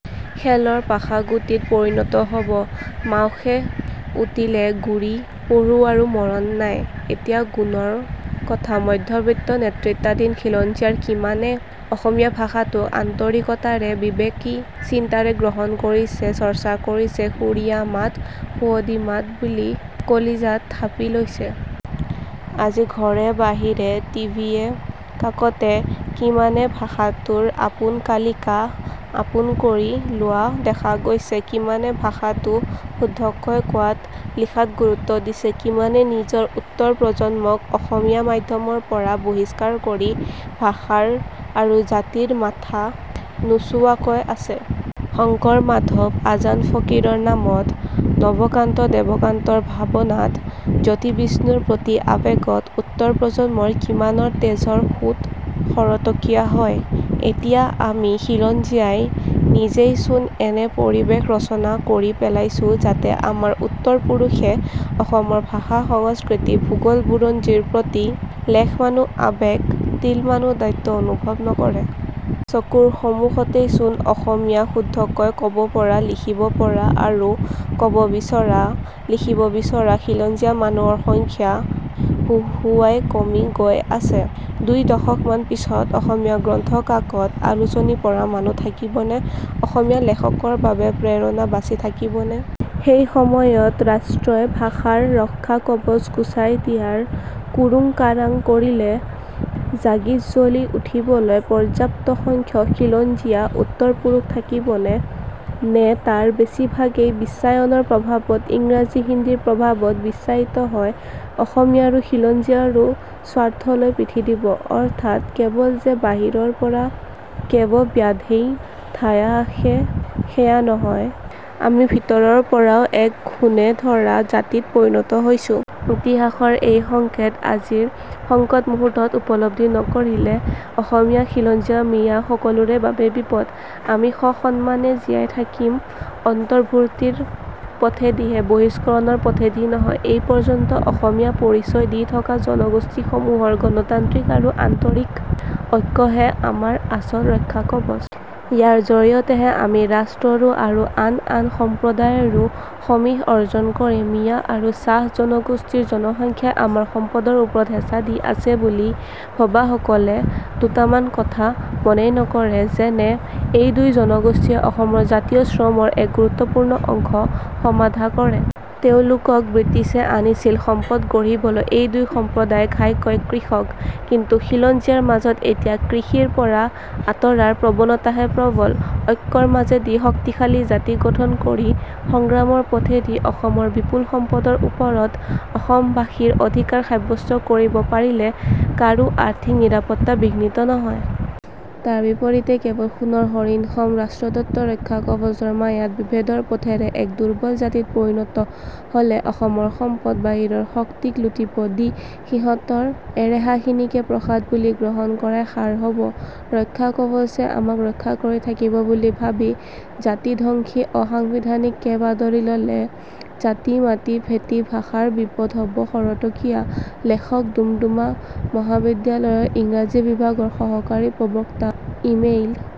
খেলৰ পাশাগুটিত পৰিণত হব। মাউখে উটিলে গুৰি পৰুৱাৰো মৰণ নাই। এতিয়া গুণৰ কথা। মধ্যবিত্ত নেতৃত্বাধীন খিলঞ্জীয়াৰ কিমানে অসমীয়া ভাষাটোক আন্তৰিকতাৰে বিবেকী চিন্তাৰে গ্ৰহণ কৰিছে, চৰ্চা কৰিছে, সুৰীয়া মাত, সুৱদী মাত বুলি কলিজাত থাপি লৈছে? আজি ঘৰে-বাহিৰে, টিভিয়ে-কাকতে কিমানে ভাষাটোৰ আপোন কালিকা আপোন কৰি লোৱা দেখা গৈছে? কিমানে ভাষাটো শুদ্ধকৈ কোৱাত, লিখাত গুৰুত্ব দিছে? কিমানে নিজৰ উত্তৰ প্ৰজন্মক অসমীয়া মাধ্যমৰ পৰা বহিষ্কাৰ কৰি ভাষাৰ আৰু জাতিৰ মাথা নোচোবোৱাকৈ আছে? শংকৰ-মাধৱ, আজান ফকীৰৰ নামত, নৱকান্ত-দেৱকান্তৰ ভাৱনাত, জ্যোতি-বিষ্ণুৰ প্ৰতি আবেগত উত্তৰ প্ৰজন্মৰ কিমানৰ তেজৰ সোঁত খৰতকীয়া হয়? এতিয়া আমি খিলঞ্জীয়াই নিজেইচোন এনে পৰিৱেশ ৰচনা কৰি পেলাইছোঁ যাতে আমাৰ উত্তৰ পুৰুষে অসমৰ ভাষা, সংস্কৃতি, ভূগোল, বুৰঞ্জীৰ প্ৰতি লেশমানো আৱেগ, তিলমানো দায়িত্ব অনুভৱ নকৰে। চকুৰ সমুখতেইচোন অসমীয়া শুদ্ধকৈ কবপৰা, লিখিব পৰা আৰু কব বিচৰা, লিখিব বিচৰা খিলঞ্জীয়া মানুহৰ সংখ্যা হোহোৱাই কমি গৈ আছে। দুই দশকমান পিছত অসমীয়া গ্ৰন্থ, কাকত, আলোচনী পঢ়া মানুহ থাকিবনে? অসমীয়া লেখকৰ বাবে প্ৰেৰণা বাচি থাকিবনে? সেই সময়ত ৰাষ্ট্ৰই ভাষাৰ ৰক্ষাকৱচ গুচাই দিয়াৰ কুৰুংকাৰাং কৰিলে জাগি-জ্বলি উঠিবলৈ পৰ্যাপ্ত সংখ্যক খিলঞ্জীয়া উত্তৰ পুৰুষ থাকিবনে নে তাৰ বেছিভাগেই বিশ্বায়নৰ প্ৰভাৱত ইংৰাজী-হিন্দীৰ প্ৰভাৱত বিশ্বায়িত হৈ অসমীয়াৰো খিলঞ্জীয়াৰো স্বাৰ্থলৈ পিঠি দিব? অৰ্থাৎ কেৱল যে বাহিৰৰপৰা কেব ব্যাধেই ধায়া আসে সেয়া নহয়, আমি ভিতৰৰ পৰাও এক ঘূণে ধৰা জাতিত পৰিণত হৈছোঁ। ইতিহাসৰ এই সংকেত আজিৰ সংকট মুহূৰ্তত উপলব্ধি নকৰিলে অসমীয়া, খিলঞ্জীয়া, মিঞা সকলোৰে বাবেই বিপদ। আমি সসন্মানে জীয়াই থাকিম অন্তৰ্ভুক্তিৰ পথেদিহে, বহিষ্কৰণৰ পথেদি নহয়। এই পৰ্যন্ত অসমীয়া পৰিচয় দি থকা জনগোষ্ঠীসমূহৰ গণতান্ত্ৰিক আৰু আন্তৰিক ঐক্যহে আমাৰ আচল ৰক্ষাকৱচ। ইয়াৰ জৰিয়তেহে আমি ৰাষ্ট্ৰৰো আৰু আন আন জনসম্প্ৰদায়ৰো সমীহ অৰ্জন কৰিম। মিঞা আৰু চাহ জনগোষ্ঠীৰ জনসংখ্যাই আমাৰ সম্পদৰ ওপৰত হেঁচা দি আছে বুলি ভবাসকলে দুটামান কথা মনেই নকৰে। যেনে: এই দুই জনগোষ্ঠীয়ে অসমৰ জাতীয় শ্ৰমৰ এক গুৰুত্বপুৰ্ণ অংশ সমাধা কৰে। এওঁলোকক ব্ৰিটিছে আনিছিল সম্পদ গঢ়িবলৈ। এই দুই সম্প্ৰদায় ঘাইকৈ কৃষক। কিন্তু খিলঞ্জীয়াৰ মাজত এতিয়া কৃষিৰ পৰা আঁতৰাৰ প্ৰৱণতাহে প্ৰবল। ঐক্যৰ মাজেদি শক্তিশালী জাতি গঠন কৰি সংগ্ৰামৰ পথেদি অসমৰ বিপুল সম্পদৰ ওপৰত অসমবাসীৰ অধিকাৰ সাব্যস্ত কৰিব পাৰিলে কাৰো আৰ্থিক নিৰাপত্তা বিঘ্নিত নহয়। তাৰ বিপৰীতে কেৱল সোণৰ হৰিণসম ৰাষ্ট্ৰদত্ত ৰক্ষাকৱচৰ মায়াত বিভেদৰ পথেৰে এক দুৰ্বল জাতিত পৰিণত হলে অসমৰ সম্পদ বাহিৰৰ শক্তিক লুটিব দি সিহঁতৰ এৰেহাখিনিকে প্ৰসাদ বুলি গ্ৰহণ কৰাই সাৰ হব। ৰক্ষাকৱচে আমাক ৰক্ষা কৰি থাকিব বুলি ভাবি জাতিধ্বংসী অসাংবিধানিক কেব আদৰি ললে জাতি, মাটি, ভেটি, ভাষাৰ বিপদ হব খৰতকীয়া। লেখক ডুমডুমা মহাবিদ্যালয়ৰ ইংৰাজী বিভাগৰ সহকাৰী প্ৰবক্তা ইমেইল।